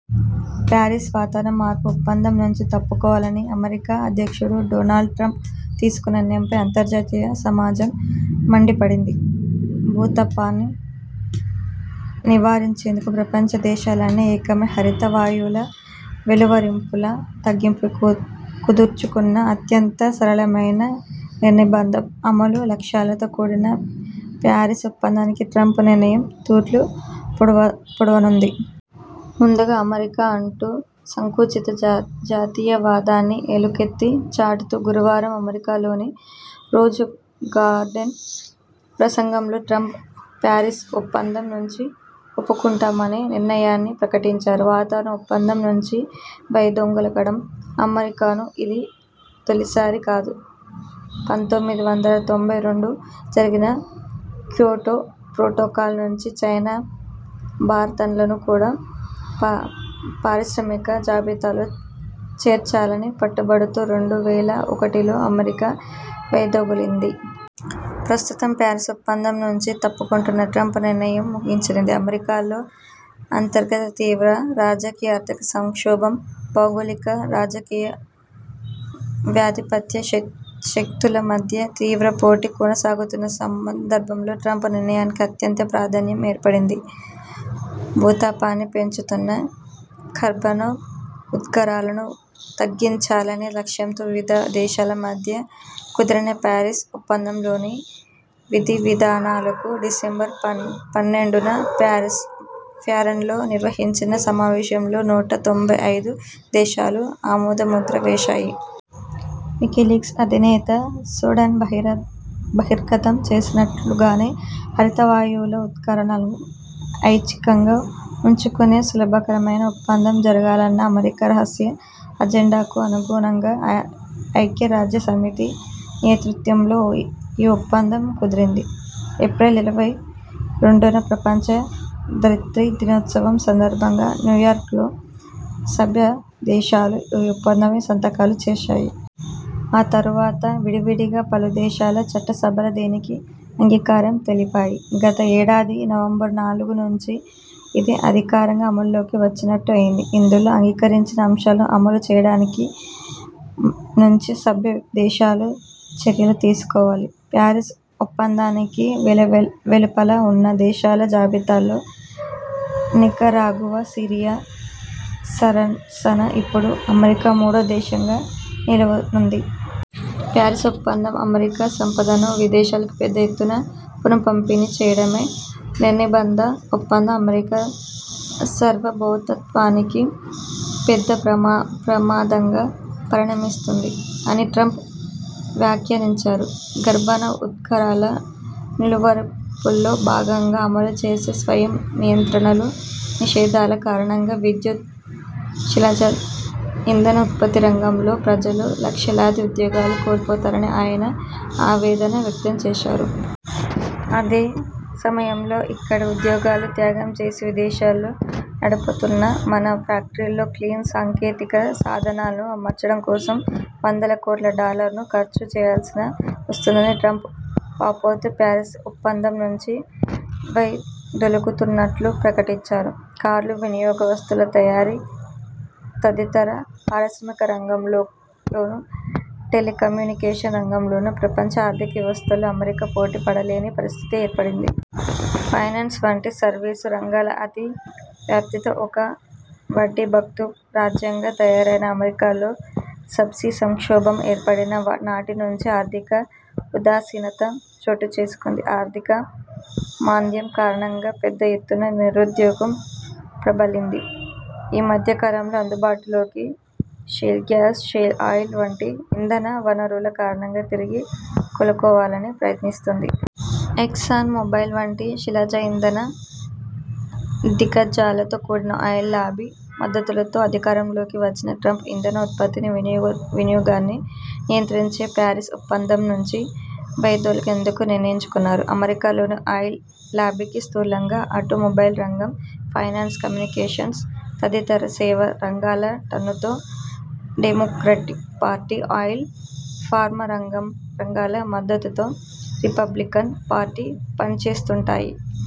Paris 'వాతావరణ మార్పు' ఒప్పందం నుంచి తప్పుకోవాలని అమెరికా అధ్యక్షుడు డోనాల్డ్ ట్రంప్ తీసుకున్న నిర్ణయంపై అంతర్జాతీయ సమాజం మండిపడింది. భూతాపాన్ని నివారించేందుకు ప్రపంచ దేశాలన్నీ ఏకమై హరిత వాయువుల వెలువరింపుల తగ్గింపుపై కుదుర్చుకున్న అత్యంత సరళమైన, నిర్నిబంధ అమలు లక్ష్యాలతో కూడిన ప్యారిస్ ఒప్పందానికి ట్రంప్ నిర్ణయం తూట్లు పొడవనుంది. 'ముందుగా అమెరికా ' అంటూ సంకుచిత జాతీయవాదాన్ని ఎలుగెత్తి చాటుతూ గురువారం అమెరికాలోని రోజ్ గార్డెన్ ప్రసంగంలో ట్రంప్ ప్యారిస్ ఒప్పందం నుంచి ఓప్పుకుంటున్నామనే నిర్ణయాన్ని ప్రకటించారు. వాతావరణ ఒప్పందం నుంచి వైదొలగడం అమెరికాకు ఇది తొలిసారి కాదు. పంతొమ్మిది వందల తొంభై రెండులో జరిగిన క్యోటో ప్రొటోకాల్ నుంచి చైనా, భారత్లను కూడా పారిశ్రామిక జాబితాలో చేర్చాలని పట్టుబడుతూ రెండు వేల ఒకటిలో అమెరికా వైదొలగింది. ప్రస్తుతం ప్యారిస్ ఒప్పందం నుంచి తప్పుకుంటున్న ట్రంప్ నిర్ణయం ఊహించినదే. అమెరికాలో అంతర్గత తీవ్ర రాజకీయార్థిక సంక్షోభం, భౌగోళిక రాజకీయాధిపత్య శక్తుల మధ్య తీవ్ర పోటీ కొనసాగుతున్న సందర్భంలో ట్రంప్ నిర్ణయానికి అత్యంత ప్రాధాన్యం ఏర్పడింది. భూతాపాన్ని పెంచుతున్న కర్బన ఉద్గారాలను తగ్గించాలనే లక్ష్యంతో వివిధ దేశాల మధ్య కుదిరిన పారిస్ ఒప్పందంలోని విధివిధానాలకు డిసెంబరు పన్నెండున ప్యారిస్లో నిర్వహించిన సమావేశంలో నూట తొంభై ఐదు దేశాలు ఆమోదముద్ర వేశాయి. వికీలీక్స్ అధినేత స్నోడెన్ బహిర్గతం చేసినట్లుగానే హరిత వాయువుల ఉద్గారాలను ఐచ్ఛికంగా తగ్గించుకునే సులభతరమైన ఒప్పందం జరగాలన్న అమెరికా రహస్య అజెండాకు అనుగుణంగా ఐక్యరాజ్యసమితి నేతృత్వంలో ఈ ఒప్పందం కుదిరింది. ఏప్రిల్ ఇరవై రెండున ప్రపంచ ధరిత్రి దినోత్సవం సందర్భంగా న్యూయార్క్లో సభ్యదేశాలు ఈ ఒప్పందంపై సంతకాలు చేశాయి. ఆ తర్వాత విడివిడిగా పలుదేశాల చట్టసభలు దీనికి అంగీకారం తెలిపాయి. గత ఏడాది నవంబరు నాలుగు నుంచి ఇది అధికారికంగా అమల్లోకి వచ్చినట్లు అయింది. ఇందులో అంగీకరించిన అంశాలను అమలు చేయటానికి నుంచి సభ్యదేశాలు చర్యలు తీసుకోవాలి. ప్యారిస్ ఒప్పందానికి వెలుపల ఉన్న దేశాల జాబితాలో నికరాగువా, సిరియా సరసన ఇప్పుడు అమెరికా మూడో దేశంగా నిలవనుంది. 'ప్యారిస్ ఒప్పందం అమెరికా సంపదను విదేశాలకు పెద్ద ఎత్తున పునఃపంపిణీ చేయడమే. ఈ నిర్నిబంధ ఒప్పందం అమెరికా సార్వభౌమత్వానికి పెద్ద ప్రమాదంగా పరిణమిస్తుంది' అని ట్రంప్ వ్యాఖ్యానించారు. కర్బన ఉద్గారాల నిలువరింపుల్లో భాగంగా అమలు చేసే స్వయం నియంత్రణలు, నిషేధాల కారణంగా విద్యుత్, శిలాజ ఇంధన ఉత్పత్తి రంగంలో ప్రజలు లక్షలాది ఉద్యోగాలు కోల్పోతారని ఆయన ఆవేదన వ్యక్తం చేశారు. అదే సమయంలో ఇక్కడి ఉద్యోగాలు త్యాగం చేసి విదేశాల్లో నడుపుతున్న మన ఫ్యాక్టరీల్లో క్లీన్ సాంకేతిక సాధనాలను అమర్చడం కోసం వందల కోట్ల డాలర్లను ఖర్చు చేయవలసి వస్తోందని ట్రంప్ వాపోతూ ప్యారిస్ ఒప్పందం నుంచి వైదొలగుతున్నట్లు ప్రకటించారు. కార్లు, వినియోగ వస్తువుల తయారీ తదితర పారిశ్రామిక రంగంలోనూ, టెలికమ్యూనికేషన్ రంగంలోనూ ప్రపంచ ఆర్థిక వ్యవస్థలో అమెరికా పోటీ పడలేని పరిస్థితి ఏర్పడింది. ఫైనాన్స్ వంటి సర్వీసు రంగాల అతి వ్యాప్తితో ఒక 'వడ్డీభుక్త' రాజ్యం గా తయారైన అమెరికాలో సబ్ప్రైం సంక్షోభం ఏర్పడిన నాటి నుంచి ఆర్థిక ఉదాసీనత చోటుచేసుకుంది. ఆర్థిక మాంద్యం కారణంగా పెద్ద ఎత్తున నిరుద్యోగం ప్రబలింది. ఈ మధ్యకాలంలో అందుబాటులోకి షేల్ గ్యాస్, షేల్ ఆయిల్ వంటి ఇంధన వనరుల కారణంగా తిరిగి కోలుకోవాలని ప్రయత్నిస్తోంది. ఎక్సాన్ మొబైల్ వంటి శిలాజ ఇంధన దిగ్గజాలతో కూడిన ఆయిల్ లాబీ మద్దతుతో అధికారంలోకి వచ్చిన ట్రంప్ ఇంధన ఉత్పత్తిని, వినియోగాన్ని నియంత్రించే ప్యారిస్ ఒప్పందం నుంచి వైదొలగేందుకు నిర్ణయించుకున్నారు. అమెరికాలోని ఆయిల్ లాబీకి, స్థూలంగా ఆటోమొబైల్ రంగం, ఫైనాన్స్, కమ్యూనికేషన్స్ తదితర సేవా రంగాల దన్నుతో డెమొక్రటిక్ పార్టీ ఆయిల్, ఫార్మా రంగాల మద్దతుతో రిపబ్లికన్ పార్టీ పనిచేస్తుంటాయి.